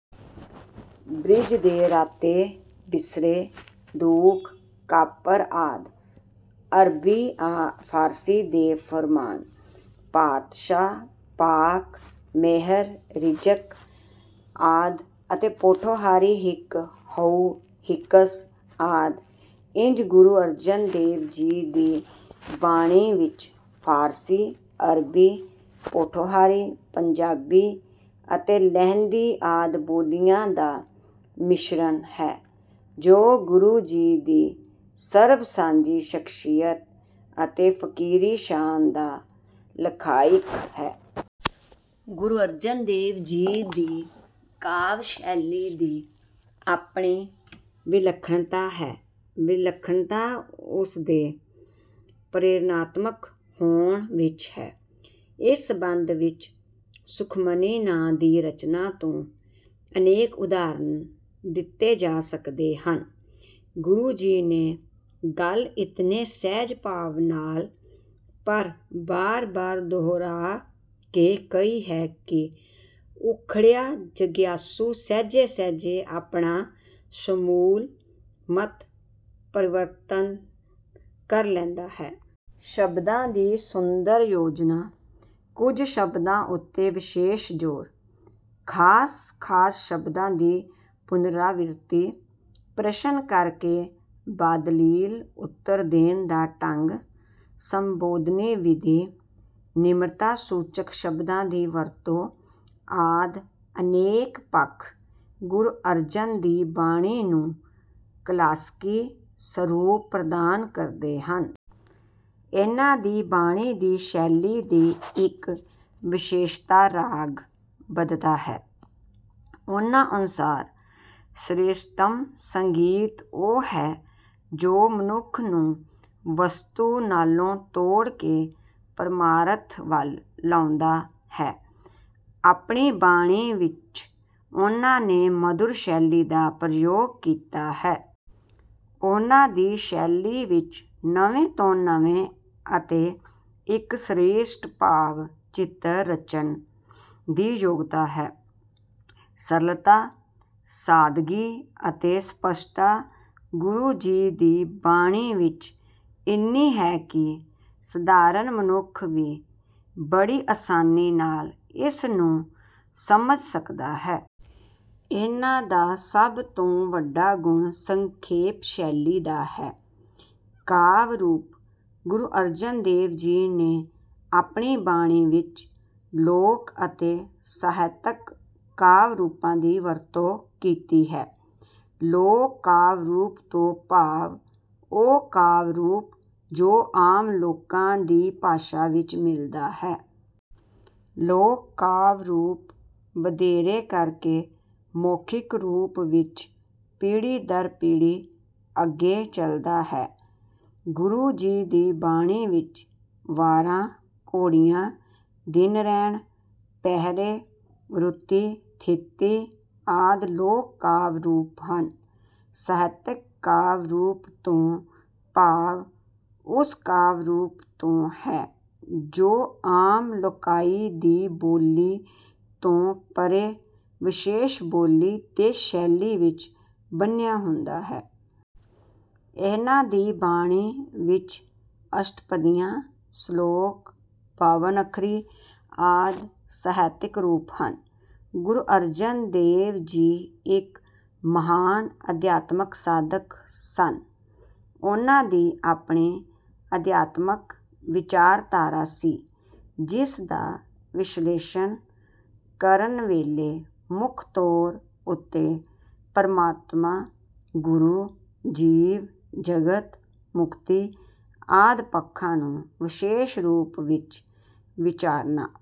Bridge ਦੇ ਰਾਤੇ, ਬਿਸਰੈ, ਦੂਖ, ਕਾਪਰ ਆਦਿ। ਅਰਬੀ ਫ਼ਾਰਸੀ ਦੇ ਫੁਰਮਾਨ, ਪਾਤਸ਼ਾਹ, ਪਾਕ, ਮਿਹਰ, ਰਿਜ਼ਕ ਆਦਿ ਅਤੇ ਪੋਠੋਹਾਰੀ ਹਿਕ, ਹਉ, ਹਿਕਸ ਆਦਿ। ਇੰਝ ਗੁਰੂ ਅਰਜਨ ਦੇਵ ਜੀ ਦੀ ਬਾਣੀ ਵਿੱਚ ਫ਼ਾਰਸੀ, ਅਰਬੀ, ਪੋਠੋਹਾਰੀ, ਪੰਜਾਬੀ ਅਤੇ ਲਹਿੰਦੀ ਆਦਿ ਬੋਲੀਆਂ ਦਾ ਮਿਸ਼ਰਨ ਹੈ ਜੋ ਗੁਰੂ ਜੀ ਦੀ ਸਰਬ ਸਾਂਝੀ ਸ਼ਖ਼ਸੀਅਤ ਅਤੇ ਫ਼ਕੀਰੀ ਸ਼ਾਨ ਦਾ ਲਖਾਇਕ ਹੈ। ਗੁਰੂ ਅਰਜਨ ਦੇਵ ਜੀ ਦੀ ਕਾਵਿ ਸ਼ੈਲੀ ਦੀ ਆਪਣੀ ਵਿਲੱਖਣਤਾ ਹੈ। ਵਿਲੱਖਣਤਾ ਉਸਦੇ ਪ੍ਰੇਰਣਾਤਮਕ ਹੋਣ ਵਿੱਚ ਹੈ। ਇਸ ਸਬੰਧ ਵਿੱਚ ਸੁਖਮਨੀ ਨਾਂ ਦੀ ਰਚਨਾ ਤੋਂ ਅਨੇਕ ਉਦਾਹਰਨ ਦਿੱਤੇ ਜਾ ਸਕਦੇ ਹਨ। ਗੁਰੂ ਜੀ ਨੇ ਗੱਲ ਇਤਨੇ ਸਹਿਜ ਭਾਵ ਨਾਲ ਪਰ ਬਾਰ ਬਾਰ ਦੋਹਰਾ ਕੇ ਕਹੀ ਹੈ ਕਿ ਉਖੜਿਆ ਜਗਿਆਸੂ ਸਹਿਜੇ ਸਹਿਜੇ ਆਪਣਾ ਸਮੂਲ ਮਤ ਪਰਿਵਰਤਨ ਕਰ ਲੈਂਦਾ ਹੈ। ਸ਼ਬਦਾਂ ਦੀ ਸੁੰਦਰ ਯੋਜਨਾ, ਕੁਝ ਸ਼ਬਦਾਂ ਉੱਤੇ ਵਿਸ਼ੇਸ਼ ਜ਼ੋਰ, ਖਾਸ ਖਾਸ ਸ਼ਬਦਾਂ ਦੀ ਪੁਨਰਾਵ੍ਰਿਤੀ, ਪ੍ਰਸ਼ਨ ਕਰਕੇ ਬਾਦਲੀਲ ਉਤਰ ਦੇਣ ਦਾ ਢੰਗ, ਸੰਬੋਧਨੀ ਵਿਧੀ, ਨਿਮਰਤਾ ਸੂਚਕ ਸ਼ਬਦਾਂ ਦੀ ਵਰਤੋਂ ਆਦਿ ਅਨੇਕ ਪੱਖ ਗੁਰੂ ਅਰਜਨ ਦੀ ਬਾਣੀ ਨੂੰ ਕਲਾਸਕੀ ਸਰੂਪ ਪ੍ਰਦਾਨ ਕਰਦੇ ਹਨ। ਇਨ੍ਹਾਂ ਦੀ ਬਾਣੀ ਦੀ ਸ਼ੈਲੀ ਦੀ ਇੱਕ ਵਿਸ਼ੇਸ਼ਤਾ ਰਾਗ ਬੱਧਤਾ ਹੈ। ਉਨ੍ਹਾਂ ਅਨੁਸਾਰ ਸ੍ਰੇਸ਼ਟਤਮ ਸੰਗੀਤ ਉਹ ਹੈ ਜੋ ਮਨੁੱਖ ਨੂੰ ਵਸਤੂ ਨਾਲੋਂ ਤੋੜ ਕੇ ਪਰਮਾਰਥ ਵੱਲ ਲਾਉਂਦਾ ਹੈ। ਆਪਣੀ ਬਾਣੀ ਵਿੱਚ ਉਨ੍ਹਾਂ ਨੇ ਮਧੁਰ ਸ਼ੈਲੀ ਦਾ ਪ੍ਰਯੋਗ ਕੀਤਾ ਹੈ। ਉਨ੍ਹਾਂ ਦੀ ਸ਼ੈਲੀ ਵਿੱਚ ਨਵੇਂ ਤੋਂ ਨਵੇਂ ਅਤੇ ਇੱਕ ਸ਼੍ਰੇਸਟ ਭਾਵ ਚਿੱਤਰ ਰਚਣ ਦੀ ਯੋਗਤਾ ਹੈ। ਸਰਲਤਾ, ਸਾਦਗੀ ਅਤੇ ਸਪਸ਼ਟਤਾ ਗੁਰੂ ਜੀ ਦੀ ਬਾਣੀ ਵਿੱਚ ਇੰਨੀ ਹੈ ਕਿ ਸਧਾਰਨ ਮਨੁੱਖ ਵੀ ਬੜੀ ਆਸਾਨੀ ਨਾਲ ਇਸ ਨੂੰ ਸਮਝ ਸਕਦਾ ਹੈ। ਇਨ੍ਹਾਂ ਦਾ ਸਭ ਤੋਂ ਵੱਡਾ ਗੁਣ ਸੰਖੇਪ ਸ਼ੈਲੀ ਦਾ ਹੈ। ਕਾਵਿ ਰੂਪ: ਗੁਰੂ ਅਰਜਨ ਦੇਵ ਜੀ ਨੇ ਆਪਣੀ ਬਾਣੀ ਵਿੱਚ ਲੋਕ ਅਤੇ ਸਾਹਿਤਕ ਕਾਵਿ ਰੂਪਾਂ ਦੀ ਵਰਤੋਂ ਕੀਤੀ ਹੈ। ਲੋਕ ਕਾਵਿ ਰੂਪ ਤੋਂ ਭਾਵ ਉਹ ਕਾਵਿ ਰੂਪ ਜੋ ਆਮ ਲੋਕਾਂ ਦੀ ਭਾਸ਼ਾ ਵਿੱਚ ਮਿਲਦਾ ਹੈ। ਲੋਕ ਕਾਵਿ ਰੂਪ ਵਧੇਰੇ ਕਰਕੇ ਮੌਖਿਕ ਰੂਪ ਵਿੱਚ ਪੀੜ੍ਹੀ ਦਰ ਪੀੜ੍ਹੀ ਅੱਗੇ ਚਲਦਾ ਹੈ। ਗੁਰੂ ਜੀ ਦੀ ਬਾਣੀ ਵਿੱਚ ਵਾਰਾਂ, ਘੋੜੀਆਂ, ਦਿਨ ਰੈਣਿ, ਪਹਿਰੇ, ਰੁਤੀ, ਥਿਤੀ ਆਦਿ ਲੋਕ ਕਾਵਿ ਰੂਪ ਹਨ। ਸਾਹਿਤਕ ਕਾਵਿ ਰੂਪ ਤੋਂ ਭਾਵ ਉਸ ਕਾਵਿ ਰੂਪ ਤੋਂ ਹੈ ਜੋ ਆਮ ਲੋਕਾਈ ਦੀ ਬੋਲੀ ਤੋਂ ਪਰ੍ਹੇ ਵਿਸ਼ੇਸ਼ ਬੋਲੀ ਤੇ ਸ਼ੈਲੀ ਵਿੱਚ ਬੰਨ੍ਹਿਆ ਹੁੰਦਾ ਹੈ। ਇਨ੍ਹਾਂ ਦੀ ਬਾਣੀ ਵਿੱਚ ਅਸ਼ਟਪਦੀਆਂ, ਸ਼ਲੋਕ, ਬਾਵਨ ਅੱਖਰੀ ਆਦਿ ਸਾਹਿਤਕ ਰੂਪ ਹਨ। ਗੁਰੂ ਅਰਜਨ ਦੇਵ ਜੀ ਇੱਕ ਮਹਾਨ ਅਧਿਆਤਮਕ ਸਾਧਕ ਸਨ। ਉਨ੍ਹਾਂ ਦੀ ਆਪਣੀ ਅਧਿਆਤਮਕ ਵਿਚਾਰਧਾਰਾ ਸੀ ਜਿਸ ਦਾ ਵਿਸ਼ਲੇਸ਼ਣ ਕਰਨ ਵੇਲੇ ਮੁੱਖ ਤੌਰ ਉੱਤੇ ਪਰਮਾਤਮਾ, ਗੁਰੂ, ਜੀਵ, ਜਗਤ, ਮੁਕਤੀ ਆਦਿ ਪੱਖਾਂ ਨੂੰ ਵਿਸ਼ੇਸ਼ ਰੂਪ ਵਿੱਚ ਵਿਚਾਰਨਾ...